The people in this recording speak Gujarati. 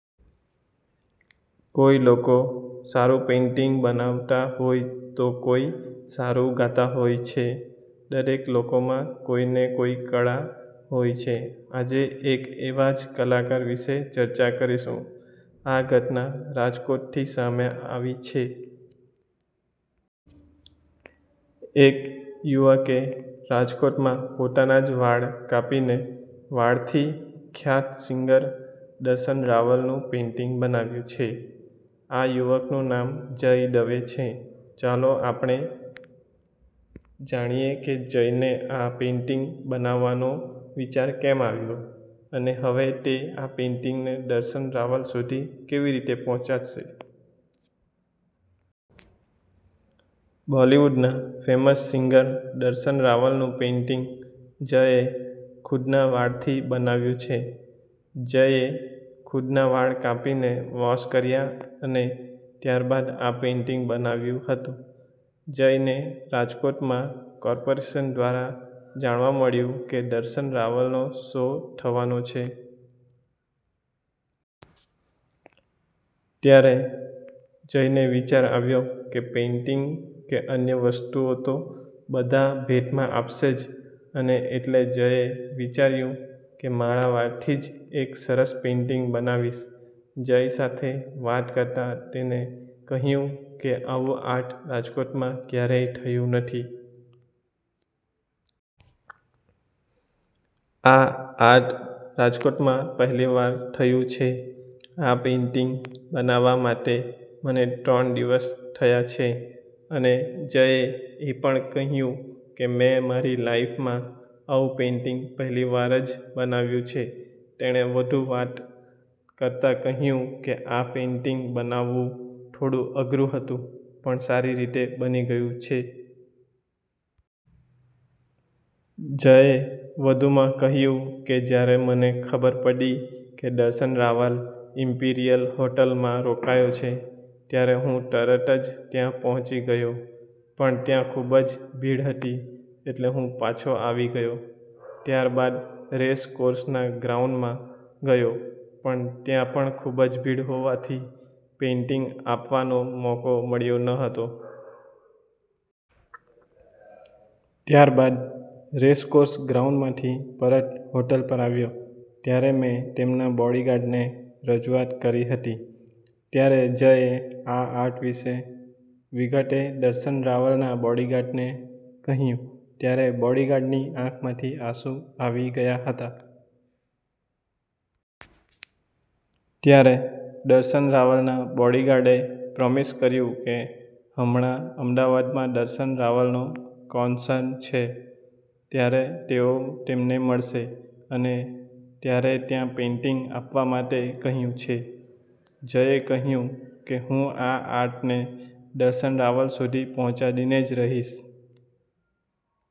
કોઈ લોકો સારૂ પેઈન્ટિંગ બનાવતા હોઈ તો કોઈ સારૂ ગાતા હોય છે. દરેક લોકોમાં કોઈને કોઈ કળા હોય છે. આજે આપણે એક એવા જ કલાકાર વિષે ચર્ચા કરીશું. આ ઘટના રાજકોટ થી સામે આવી છે. એક યુવકે રાજકોટમાં પોતાના જ વાળ કાપીને વાળથી ખ્યાત સિંગર દર્શન રાવલ નું પેઈન્ટિંગ બનાવ્યું છે. આ યુવકનું નામ જય દવે છે, ચાલો આપને જાણીએ કે જયને આ પેઈન્ટિંગ બનાવવાનો વિચાર કેમ આવ્યો અને હવે તે આ પેઈન્ટિંગને દર્શન રાવલ સુધી કેવી રીતે પહોંચાડશે. બોલિવૂડના ફેમસ સિંગર દર્શન રાવલનું પેઈન્ટિંગ જયે ખુદના વાળથી બનાવ્યું છે. જયએ ખુદના વાળ કાપીને વોશ કર્યા અને ત્યાર બાદ આ પેઈન્ટિંગ બનાવ્યું હતું. જયને રાજકોટમાં કોર્પોરેશન દ્વારા જાણવા મળ્યું કે દર્શન રાવલનો શો થવાનો છે. ત્યારે જયને વિચાર આવ્યો કે પેઈન્ટિંગ કે અન્ય વસ્તુઓ તો બધા ભેટમાં આપશે જ અને એટલે જયે વિચાર્યું કે, હું મારા વાળથી જ એક સરસ પેઈન્ટિંગ બનાવીશ. જય સાથે વાત કરતા તેને કહ્યું કે, આવું આર્ટ રાજકોટમાં ક્યારેય થયું નથી. આ આર્ટ રાજકોટમાં પહેલીવાર થયું છે. આ પેઈન્ટિંગ બનાવા માટે મને ત્રણ દિવસ થયા છે અને જયે એ પણ કહ્યું કે મેં મારી લાઈફમાં આવું પેઈન્ટિંગ પહેલીવાર જ બનાવ્યું છે. તેણે વધુ વાત કરતા કહ્યું કે આ પેઈન્ટિંગ બનાવવું થોડુ અઘરૂ હતું પણ સારી રીતે બની ગયું છે. જયે વધુમાં કહ્યું કે જ્યારે મને ખબર પડી કે, દર્શન રાવલ ઈમ્પિરિયલ હોટલમાં રોકાયો છે. ત્યારે હું તરતજ ત્યાં પહોચી ગયો પણ ત્યાં ખુબજ ભીડ હતી એટલે હું પાછો આવી ગયો. ત્યાર બાદ રેસકોર્ષ ગ્રાઉન્ડમાં ગયો પણ ત્યાં પણ ખુબજ ભીડ હોવાથી પેઈન્ટિંગ આપવાનો મોકો મળ્યો ન હતો. ત્યાર બાદ રેસકોર્ષ ગ્રાઉન્ડ માંથી પરત હોટલ પર આવ્યો ત્યારે મેં તેમના બોડિગાર્ડને રજુઆત કરી હતી. ત્યારે જયે આ આર્ટ વિષે વિગતે દર્શન રાવલના બોડિગાર્ડ ને કહ્યું ત્યારે બોડિગાર્ડની આંખ માંથી આંસુ આવી ગયા હતા. ત્યારે દર્શન રાવલના બોડિગાર્ડએ પ્રોમિસ કર્યું કે હમણાં અમદાવાદમાં દર્શન રાવલનો કોન્સર્ન છે. ત્યારે તેઓ તેમને મળશે અને ત્યારે ત્યાં પેઈન્ટિંગ આપવા માટે કહ્યું છે. જયે કહ્યું કે હું આ આર્ટને દર્શન રાવલ સુધી પહોંચાડીને જ રહીશ.